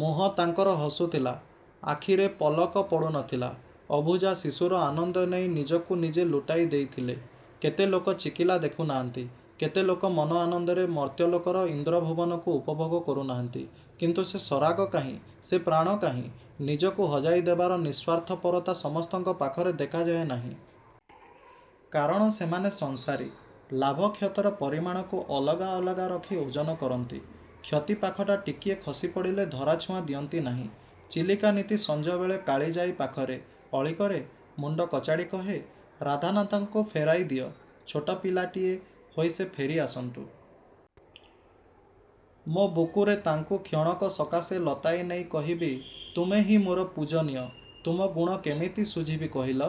ମୁହଁ ତାଙ୍କର ହସୁଥିଲା। ଆଖିରେ ପଲକ ପଡ଼ୁନଥିଲା। ଅବୁଝା ଶିଶୁର ଆନନ୍ଦ ନେଇ ନିଜକୁ ନିଜେ ଲୁଟାଇ ଦେଇଥିଲେ। କେତେ ଲୋକ ଚିକିଲା ଦେଖୁନାହାନ୍ତି? କେତେ ଲୋକ ମନ ଆନନ୍ଦରେ ମର୍ତ୍ତ୍ୟଲୋକର-ଇନ୍ଦ୍ରଭୁବନକୁ ଉପଭୋଗ କରୁନାହାନ୍ତି? କିନ୍ତୁ ସେ ସରାଗ କାହିଁ? ସେ ପ୍ରାଣ କାହିଁ-? ନିଜକୁ ହଜାଇ ଦେବାର ନିଃସ୍ୱାର୍ଥପରତା ସମସ୍ତଙ୍କ ପାଖରେ ଦେଖାଯାଏ ନାହିଁ-। କାରଣ ସେମାନେ ସଂସାରୀ। ଲାଭ କ୍ଷତିର ପରିମାଣକୁ ଅଲଗା ଅଲଗା ରଖି ଓଜନ କରନ୍ତି-। କ୍ଷତି ପାଖଟା ଟିକିଏ ଖସି ପଡ଼ିଲେ ଧରାଛୁଆଁ ଦିଅନ୍ତି ନାହିଁ। ଚିଲିକା ନିତି ସଂଜବେଳେ କାଳିଜାଈ ପାଖରେ। ଅଳିକରେ। ମୁଣ୍ଡ କଚାଡ଼ି କହେ, ରାଧାନାଥଙ୍କୁ ଫେରାଇ ଦିଅ। ଛୋଟ ପିଲାଟିଏ ହୋଇ ସେ ଫେରି ଆସନ୍ତୁ। ମୋ ବୁକୁରେ ତାଙ୍କୁ କ୍ଷଣକ ସକାଶେ ଲତାଇ ନେଇ କହିବି, 'ତୁମେହିଁ ମୋର ପୂଜନୀୟ! ତୁମ ଗୁଣ କେମିତି ଶୁଝିବି କହିଲ?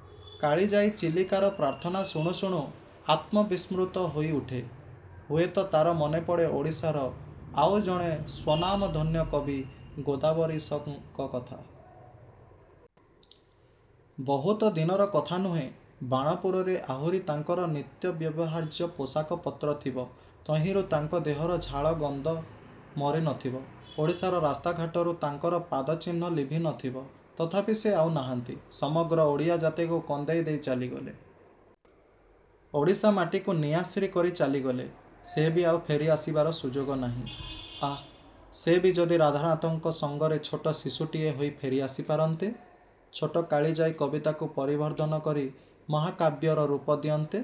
' କାଳିଜାଈ, ଚିଲିକାର ପ୍ରାର୍ଥନା ଶୁଣୁ ଶୁଣୁ ଆତ୍ମବିସ୍ମୃତ ହୋଇଉଠେ। ହୁଏତ ତାର ମନେପଡ଼େ ଓଡ଼ିଶାର ଆଉ ଜଣେ ସ୍ୱନାମଧନ୍ୟ କବି ଗୋଦାବରୀଶଙ୍କ କଥା। ବହୁତ ଦିନର କଥା ନୁହେଁ। ବାଣପୁରରେ ଆହୁରି ତାଙ୍କର ନିତ୍ୟବ୍ୟବହାର୍ଯ୍ୟ ପୋଷାକ ପତ୍ର ଥିବ। ତହିଁରୁ ତାଙ୍କ ଦେହର ଝାଳ ଗନ୍ଧ ମରି ନଥିବ। ଓଡ଼ିଶାର ରାସ୍ତାଘାଟରୁ ତାଙ୍କର ପାଦଚିହ୍ନ ଲିଭି ନ ଥିବ। ତଥାପି ସେ ଆଉ ନାହାନ୍ତି। ସମଗ୍ର ଓଡ଼ିଆ ଜାତିକୁ କନ୍ଦେଇ ଦେଇ ଚାଲିଗଲେ। ଓଡ଼ିଶା ମାଟିକୁ ନିଆଶ୍ରୀ କରି ଚାଲିଗଲେ, ସେ ବି ଆଉ ଫେରି ଆସିବାର ସୁଯୋଗ ନାହିଁ। ଆଃ, ସେ ବି ଯଦି ରାଧାନାଥଙ୍କ ସଙ୍ଗରେ ଛୋଟ ଶିଶୁଟିଏ ହୋଇ ଫେରି ଆସି ପାରନ୍ତେ? ଛୋଟ କାଳିଜାଈ କବିତାକୁ ପରିବର୍ଦ୍ଧନ କରି ମହାକାବ୍ୟର ରୂପ ଦିଅନ୍ତେ!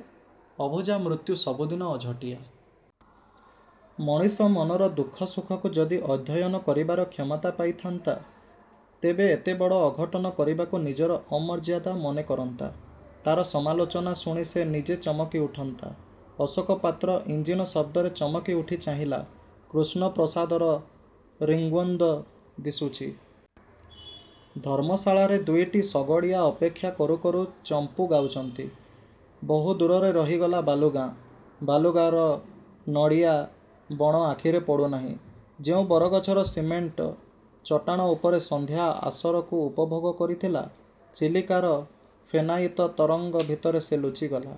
ଅବୁଝା ମୃତ୍ୟୁ ସବୁଦିନ ଅଝଟିଆ। ମଣିଷ ମନର ଦୁଃଖ ସୁଖକୁ ଯଦି ଅଧ୍ୟୟନ କରିପାରିବାର କ୍ଷମତା ପାଇଥାନ୍ତା, ତେବେ ଏତେବଡ଼ ଅଘଟନ କରିବାକୁ ନିଜର ଅମର୍ଯ୍ୟାଦା ମନେ କରନ୍ତା। ତାର ସମାଲୋଚନା ଶୁଣି ସେ ନିଜେ ଚମକି ଉଠନ୍ତା। ଅଶୋକ ପାତ୍ର ଇଂଜିନ ଶବ୍ଦରେ ଚମକି ଉଠି ଚାହିଁଲା, କୃଷ୍ଣପ୍ରସାଦର ରିଙ୍ଗ୍ବନ୍ଧ ଦିଶୁଛି। ଧର୍ମଶାଳାରେ ଦୁଇଟି ଶଗଡ଼ିଆ ଅପେକ୍ଷା କରୁ କରୁ ଚମ୍ପୂ ଗାଉଛନ୍ତି। ବହୁ ଦୂରରେ ରହିଗଲା ବାଲୁଗାଁ। ବାଲୁଗାଁର ନଡ଼ିଆ ବଣ ଆଖିରେ ପଡ଼ୁନାହିଁ। ଯେଉଁ ବରଗଛର ସିମେଣ୍ଟ ଚଟାଣ ଉପରେ ସନ୍ଧ୍ୟା ଆସରକୁ ଉପଭୋଗ କରିଥିଲା, ଚିଲିକାର ଫେନାୟିତ ତରଙ୍ଗ ଭିତରେ ସେ ଲୁଚିଗଲା।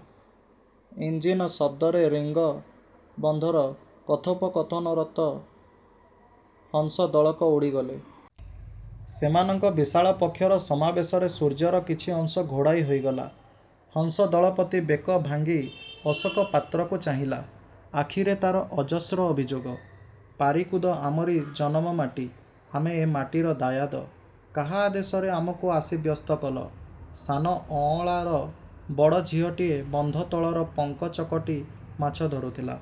ଇଂଜିନ୍ଶବ୍ଦରେ ରିଙ୍ଗ ବନ୍ଧର କଥୋପକଥନରତ ହଂସ ଦଳକ ଉଡ଼ିଗଲେ। ସେମାନଙ୍କ ବିଶାଳ ପକ୍ଷର ସମାବେଶରେ ସୂର୍ଯ୍ୟର କିଛି ଅଂଶ ଘୋଡ଼ାଇ ହୋଇଗଲା। ହଂସ-ଦଳପତି ବେକ ଭାଙ୍ଗି ଅଶୋକ ପାତ୍ରକୁ ଚାହିଁଲା। ଆଖିରେ ତାର ଅଜସ୍ର ଅଭିଯୋଗ। ''ପାରିକୁଦ ଆମରି ଜନମମାଟି! ଆମେ ଏ ମାଟିର ଦାୟାଦ। କାହା ଆଦେଶରେ ଆମକୁ ଆସି ବ୍ୟସ୍ତ କଲ? '' 'ସାନ ଅଅଁଳା'ର ବଡ଼ ଝିଅଟିଏ ବନ୍ଧତଳର ପଙ୍କ ଚକଟି ମାଛ ଧରୁଥିଲା।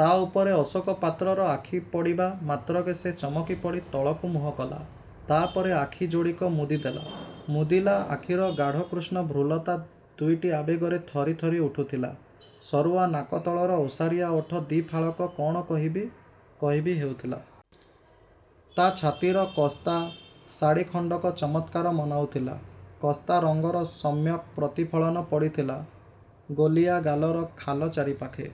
ତା' ଉପରେ ଅଶୋକ ପାତ୍ରର ଆଖି ପଡ଼ିବା ମାତ୍ରକେ ସେ ଚମକିପଡ଼ି ତଳକୁ ମୁହଁ କଲା। ତା' ପରେ ଆଖି ଯୋଡ଼ିକ ମୁଦି ଦେଲା। ମୁଦିଲା ଆଖିର ଗାଢ଼କୃଷ୍ଣ ଭ୍ରୁଲତା ଦୁଇଟି ଆବେଗରେ ଥରି, ଥରି ଉଠୁଥିଲା। ସରୁଆ ନାକ ତଳର ଓସାରିଆ ଓଠ ଦି'ଫାଳକ କଣ କହିବି, କହିବି ହେଉଥିଲା। ତା' ଛାତିର କସ୍ତା ଶାଢ଼ି ଖଣ୍ଡକ ଚମତ୍କାର ମନାଉଥିଲା। କସ୍ତା ରଙ୍ଗର ସମ୍ୟକ୍ ପ୍ରତିଫଳନ ପଡ଼ିଥିଲା ଗୋଲିଆ ଗାଲର ଖାଲ ଚାରିପାଖେ।